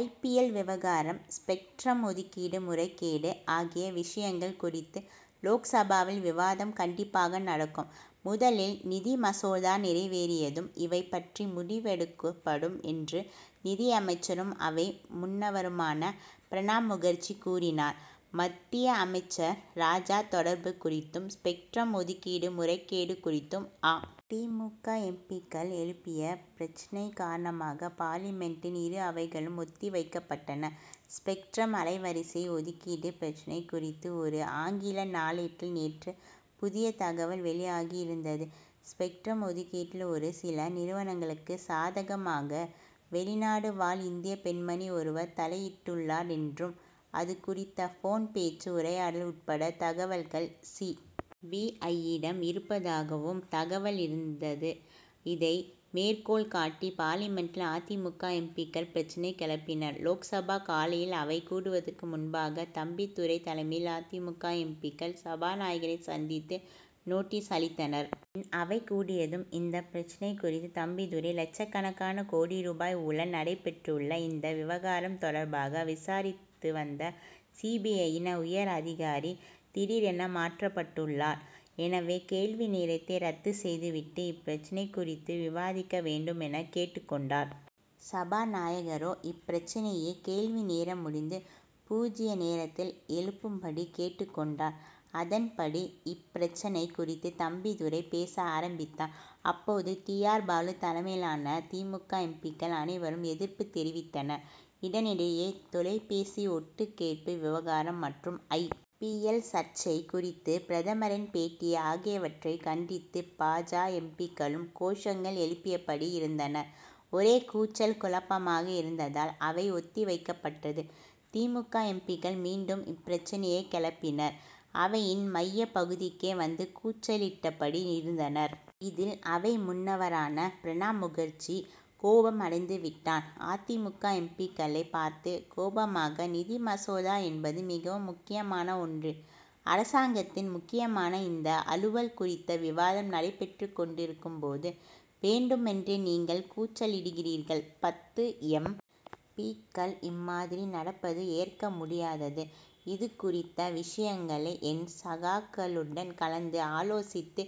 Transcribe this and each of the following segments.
ஐ. P. L. விவகாரம் spectrum ஒதுக்கீடு முறைகேடு ஆகிய விஷயங்கள் குறித்து லோக்சபாவில் விவாதம் கண்டிப்பாக நடக்கும். முதலில் நிதிமசோதா நிறைவேறியதும் இவை பற்றி முடிவு எடுக்கப்படும் என்று நிதியமைச்சரும் அவை முன்னவருமான பிரணாப் முகர்ஜி கூறினார். மத்திய அமைச்சர் ராஜா தொடர்பு குறித்தும் ஸ்பெக்ட்ரம் ஒதுக்கீடு முறைகேடு குறித்தும் அ. தி. மு. க. எம். பி.க்கள் எழுப்பிய பிரச்னை காரணமாக பார்லிமென்டின் இரு அவைகளும் ஒத்திவைக்கப்பட்டன. ஸ்பெக்ட்ரம் அலைவரிசை ஒதுக்கீடு பிரச்னை குறித்து ஒரு ஆங்கில நாளேட்டில் நேற்று புதிய தகவல் வெளியாகியிருந்தது. ஸ்பெக்ட்ரம் ஒதுக்கீட்டில் ஒரு சில நிறுவனங்களுக்கு சாதகமாக வெளிநாடு வாழ் இந்திய பெண்மணி ஒருவர் தலையிட்டுள்ளார் என்றும் அது குறித்த போன் பேச்சு உரையாடல் உட்பட தகவல்கள் சி. பி. ஐ.யிடம் இருப்பதாகவும் தகவல் இருந்தது. இதை மேற்கோள் காட்டி பார்லிமென்டில் அ. தி. மு. க. எம். பி.க்கள் பிரச்னை கிளப்பினர். லோக்சபா காலையில் அவை கூடுவதற்கு முன்பாக தம்பிதுரை தலைமையில் அ. தி. மு. க. எம். பி.க்கள் சபாநாயகரை சந்தித்து நோட்டீஸ் அளித்தனர். பின் அவை கூடியதும் இந்த பிரச்னை குறித்து தம்பிதுரை லட்சக்கணக்கான கோடி ரூபாய் ஊழல் நடைபெற்றுள்ள இந்த விவகாரம் தொடர்பாக விசாரித்துவந்த சி. பி. ஐ.யின் உயர் அதிகாரி திடீரென மாற்றப்பட்டுள்ளார். எனவே கேள்வி நேரத்தை ரத்து செய்துவிட்டு இப்பிரச்னை குறித்து விவாதிக்க வேண்டும் என கேட்டுக் கொண்டார். சபாநாயகரோ இப்பிரச்னையை கேள்விநேரம் முடிந்து பூஜ்ய நேரத்தில் எழுப்பும்படி கேட்டுக் கொண்டார். அதன்படி இப்பிரச்னை குறித்து தம்பிதுரை பேச ஆரம்பித்தார். அப்போது டி. ஆர். பாலு தலைமையிலான தி. மு. க. எம். பி.க்கள் அனைவரும் எதிர்ப்பு தெரிவித்தனர். இதனிடையே தொலைபேசி ஒட்டுக்கேட்பு விவகாரம் மற்றும் ஐ. பி. எல். சர்ச்சை குறித்து பிரதமரின் பேட்டி ஆகியவற்றை கண்டித்து பா. ஜ. எம். பி.க்களும் கோஷங்கள் எழுப்பியபடி இருந்தனர். ஒரே கூச்சல் குழப்பமாக இருந்ததால் அவை ஒத்திவைக்கப்பட்டது. தி. மு. க. எம். பி.க்கள் மீண்டும் இப்பிரச்னையை கிளப்பினர். அவையின் மையப்பகுதிக்கே வந்து கூச்சலிட்டபடி இருந்தனர். இதில் அவை முன்னவரான பிரணாப் முகர்ஜி கோபம் அடைந்துவிட்டான். அ. தி. மு. க. எம். பி.க்களை பார்த்து கோபமாக நிதிமசோதா என்பது மிகவும் முக்கியமான ஒன்று. அரசாங்கத்தின் முக்கியமான இந்த அலுவல் குறித்த விவாதம் நடைபெற்றுக் கொண்டிருக்கும்போது வேண்டுமென்றே நீங்கள் கூச்சலிடுகிறீர்கள். பத்து எம். பி.க்கள் இம்மாதிரி நடப்பது ஏற்க முடியாதது. இது குறித்த விஷயங்களை என் சகாக்களுடன் கலந்து ஆலோசித்து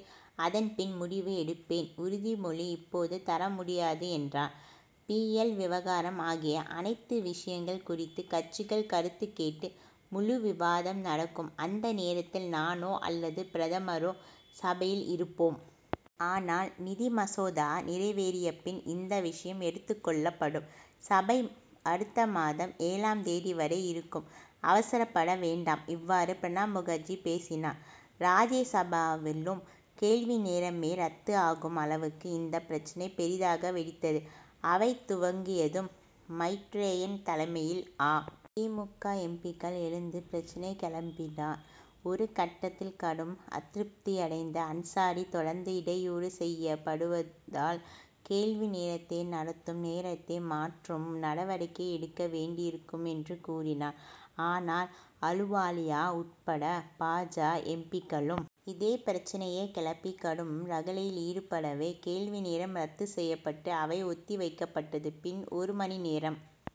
அதன் பின் முடிவு எடுப்பேன் உறுதிமொழி இப்போது தரமுடியாது என்றார். பி. எல். விவகாரம் ஆகிய அனைத்து விஷயங்கள் குறித்து கட்சிகள் கருத்துக் கேட்டு முழுவிவாதம் நடக்கும் அந்த நேரத்தில் நானோ அல்லது பிரதமரோ சபையில் இருப்போம். ஆனால் நிதிமசோதா நிறைவேறியபின் இந்தவிஷயம் எடுத்துக் கொள்ளப்படும். சபை அடுத்த மாதம் ஏழாம் தேதி வரை இருக்கும். அவசரப்பட வேண்டாம். இவ்வாறு பிரணாப் முகர்ஜி பேசினார். ராஜ்யசபாவிலும் கேள்விநேரமே ரத்து ஆகும் அளவுக்கு இந்த பிரச்னை பெரிதாக வெடித்தது. அவை துவங்கியதும் மைத்ரேயன் தலைமையில் அ. தி. மு. க. எம். பி.க்கள் எழுந்து பிரச்னை கிளப்பினார். ஒரு கட்டத்தில் கடும் அதிருப்தியடைந்த அன்சாரி தொடர்ந்து இடையூறு செய்யப்படுவதால் கேள்வி நேரத்தை நடத்தும் நேரத்தை மாற்றும் நடவடிக்கையை எடுக்க வேண்டியிருக்கும் என்று கூறினார். ஆனால் அலுவாலியா உட்பட பா. ஜ. எம். பி.க்களும் இதே பிரச்னையை கிளப்பி கடும் ரகளையில் ஈடுபடவே கேள்வி நேரம் ரத்து செய்யப்பட்டு அவை ஒத்தி வைக்கப்பட்டது. பின் ஒரு மணி நேரம்